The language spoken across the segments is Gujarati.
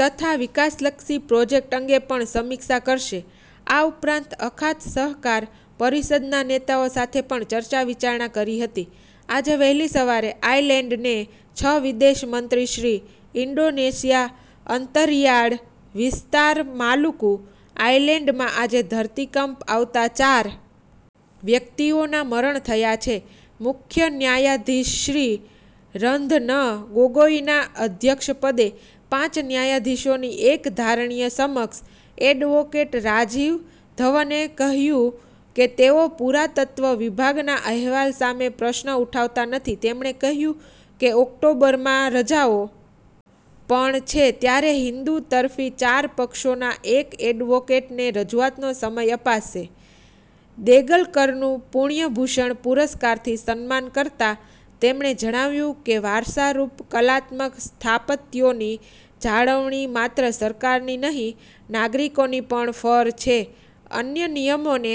તથા વિકાસલક્ષી પ્રોજેક્ટ અંગે પણ સમિક્ષા કરશે આ ઉપરાંત અખાત સહકાર પરિષદના નેતાઓ સાથે પણ ચર્ચાવિચારણા કરી હતી આજે વહેલી સવારે આયલેન્ડને છ વિદેશમંત્રીશ્રી ઇન્ડોનેશિયા અંતરિયાળ વિસ્તાર માલુકુ આઇલેન્ડમાં આજે ધરતીકંપ આવતા ચાર વ્યક્તિઓના મરણ થયા છે મુખ્ય ન્યાયાધીશશ્રી રંઘ ન ગોગોઇના અધ્યક્ષપદે પાંચ ન્યાયાધીશોની એક ધારણીય સમક્ષ એડવોકેટ રાજીવ ધવને કહ્યું કે તેઓ પુરાતત્વ વિભાગના અહેવાલ સામે પ્રશ્ન ઉઠાવતા નથી તેમણે કહ્યું કે ઓક્ટોબરમાં રજાઓ પણ છે ત્યારે હિન્દુ તરફી ચાર પક્ષોના એક એડવોકેટને રજૂઆતનો સમય અપાશે દેગલકરનું પૂણ્યભૂષણ પુરસ્કારથી સન્માન કરતાં તેમણે જણાવ્યું કે વારસારૂપ કલાત્મક સ્થાપત્યોની જાળવણી માત્ર સરકારની નહીં નાગરિકોની પણ ફર છે અન્ય નિયમોને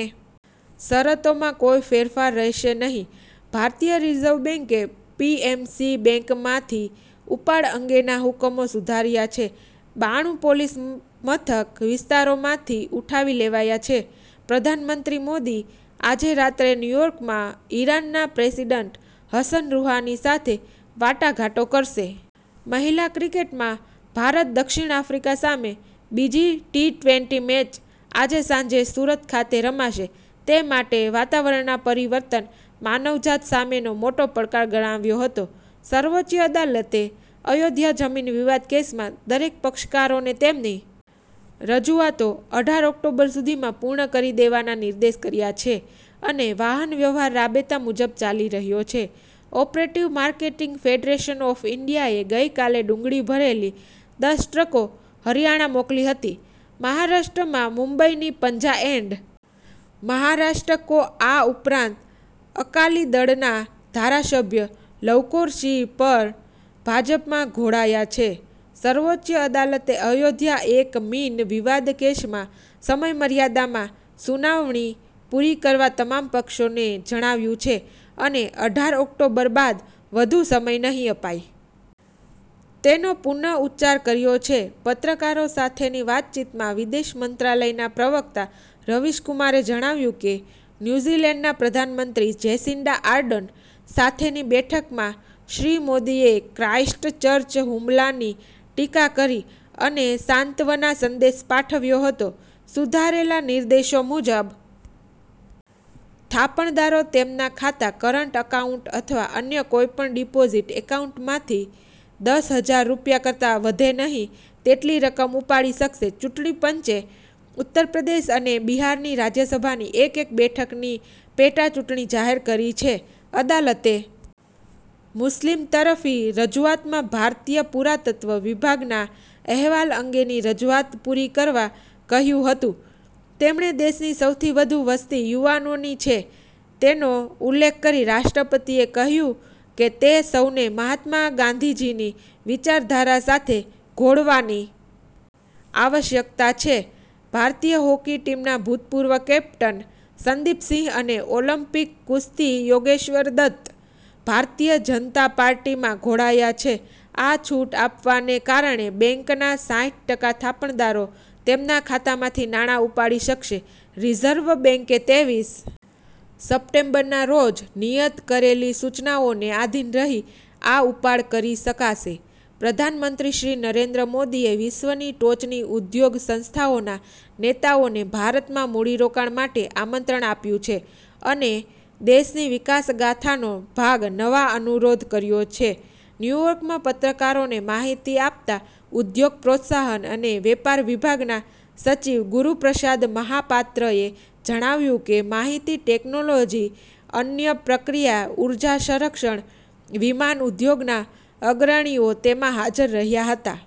શરતોમાં કોઇ ફેરફાર રહેશે નહિં ભારતીય રિઝર્વ બેન્કે પીએમસી બેન્કમાંથી ઉપાડ અંગેના હુકમો સુધાર્યા છે બાણું પોલીસમથક વિસ્તારોમાંથી ઉઠાવી લેવાયા છે પ્રધાનમંત્રી મોદી આજે રાત્રે ન્યૂયોર્કમાં ઇરાનના પ્રેસિડન્ટ હસન રૂહાની સાથે વાટાઘાટો કરશે મહિલા ક્રિકેટમાં ભારત દક્ષિણ આફ્રિકા સામે બીજી ટીટ્વેન્ટી મેચ આજે સાંજે સુરત ખાતે રમાશે તે માટે વાતાવરણના પરિવર્તન માનવજાત સામેનો મોટો પડકાર ગણાવ્યો હતો સર્વોચ્ચ અદાલતે અયોધ્યા જમીન વિવાદ કેસમાં દરેક પક્ષકારોને તેમની રજૂઆતો અઢાર ઓકટોબર સુધીમાં પૂર્ણ કરી દેવાના નિર્દેશ કર્યા છે અને વાહનવ્યવહાર રાબેતા મુજબ ચાલી રહ્યો છે ઓપરેટીવ માર્કેટીંગ ફેડરેશન ઓફ ઇન્ડિયાએ ગઇકાલે ડુંગળી ભરેલી દસ ટ્રકો હરિયાણા મોકલી હતી મહારાષ્ટ્રમાં મુંબઈની પંજાએન્ડ મહારાષ્ટ્ર કો આ ઉપરાંત અકાલીદળના ધારાસભ્ય લકૌરસિંહ પણ ભાજપમાં ઘોડાયા છે સર્વોચ્ચ અદાલતે અયોધ્યા એક મીન વિવાદકેસમાં સમયમર્યાદામાં સુનાવણી પૂરી કરવા તમામ પક્ષોને જણાવ્યું છે અને અઢાર ઓક્ટોબર બાદ વધુ સમય નહીં અપાય તેનો પુનરૂચ્ચાર કર્યો છે પત્રકારો સાથેની વાતચીતમાં વિદેશમંત્રાલયના પ્રવકતા રવિશકુમારે જણાવ્યું કે ન્યૂઝીલેન્ડના પ્રધાનમંત્રી જેસીન્ડા આર્ડન સાથેની બેઠકમાં શ્રી મોદીએ ક્રાઇસ્ટ ચર્ચ હુમલાની ટીકા કરી અને સાંત્વના સંદેશ પાઠવ્યો હતો સુધારેલા નિર્દેશો મુજબ થાપણદારો તેમના ખાતા કરંટ એકાઉન્ટ અથવા અન્ય કોઇપણ ડીપોઝીટ એકાઉન્ટમાંથી દસ હજાર રૂપિયા કરતાં વધે નહિં તેટલી રકમ ઉપાડી શકશે ચૂંટણીપંચે ઉત્તરપ્રદેશ અને બિહારની રાજ્યસભાની એક એક બેઠકની પેટાચૂંટણી જાહેર કરી છે અદાલતે મુસ્લીમ તરફી રજૂઆતમાં ભારતીય પુરાતત્વ વિભાગના અહેવાલ અંગેની રજૂઆત પુરી કરવા કહ્યું હતું તેમણે દેશની સૌથી વધુ વસતિ યુવાનોની છે તેનો ઉલ્લેખ કરી રાષ્ટ્રપતિએ કહ્યું કે તે સૌને મહાત્મા ગાંધીજીની વિચારધારા સાથે ઘોડવાની આવશ્યકતા છે ભારતીય હોકી ટીમના ભૂતપૂર્વ કેપ્ટન સંદિપસિંહ અને ઓલિમ્પિક કુસ્તીયોગેશ્વર દત્ત ભારતીય જનતા પાર્ટીમાં ઘોડાયા છે આ છુટ આપવાને કારણે બેન્કના સાઈઠ ટકા થાપણદારો તેમના ખાતામાંથી નાણાં ઉપાડી શકશે રીઝર્વ બેન્કે તેવીસ સપ્ટેમ્બરના રોજ નિયત કરેલી સુચનાઓને આધિન રહી આ ઉપાડ કરી શકાશે પ્રધાનમંત્રીશ્રી નરેન્દ્ર મોદીએ વિશ્વની ટોચની ઉદ્યોગ સંસ્થાઓના નેતાઓને ભારતમાં મૂડીરોકાણ માટે આમંત્રણ આપ્યું છે અને દેશની વિકાસગાથાનો ભાગ નવા અનુરોધ કર્યો છે ન્યૂયોર્કમાં પત્રકારોને માહીતી આપતાં ઉદ્યોગ પ્રોત્સાહન અને વેપાર વિભાગના સચિવ ગુરૂપ્રસાદ મહાપાત્રએ જણાવ્યું કે માહીતી ટેકનોલોજી અન્ય પ્રક્રિયા ઉર્જા સંરક્ષણ વિમાન ઉદ્યોગના અગ્રણીઓ તેમાં હાજર રહ્યા હતા।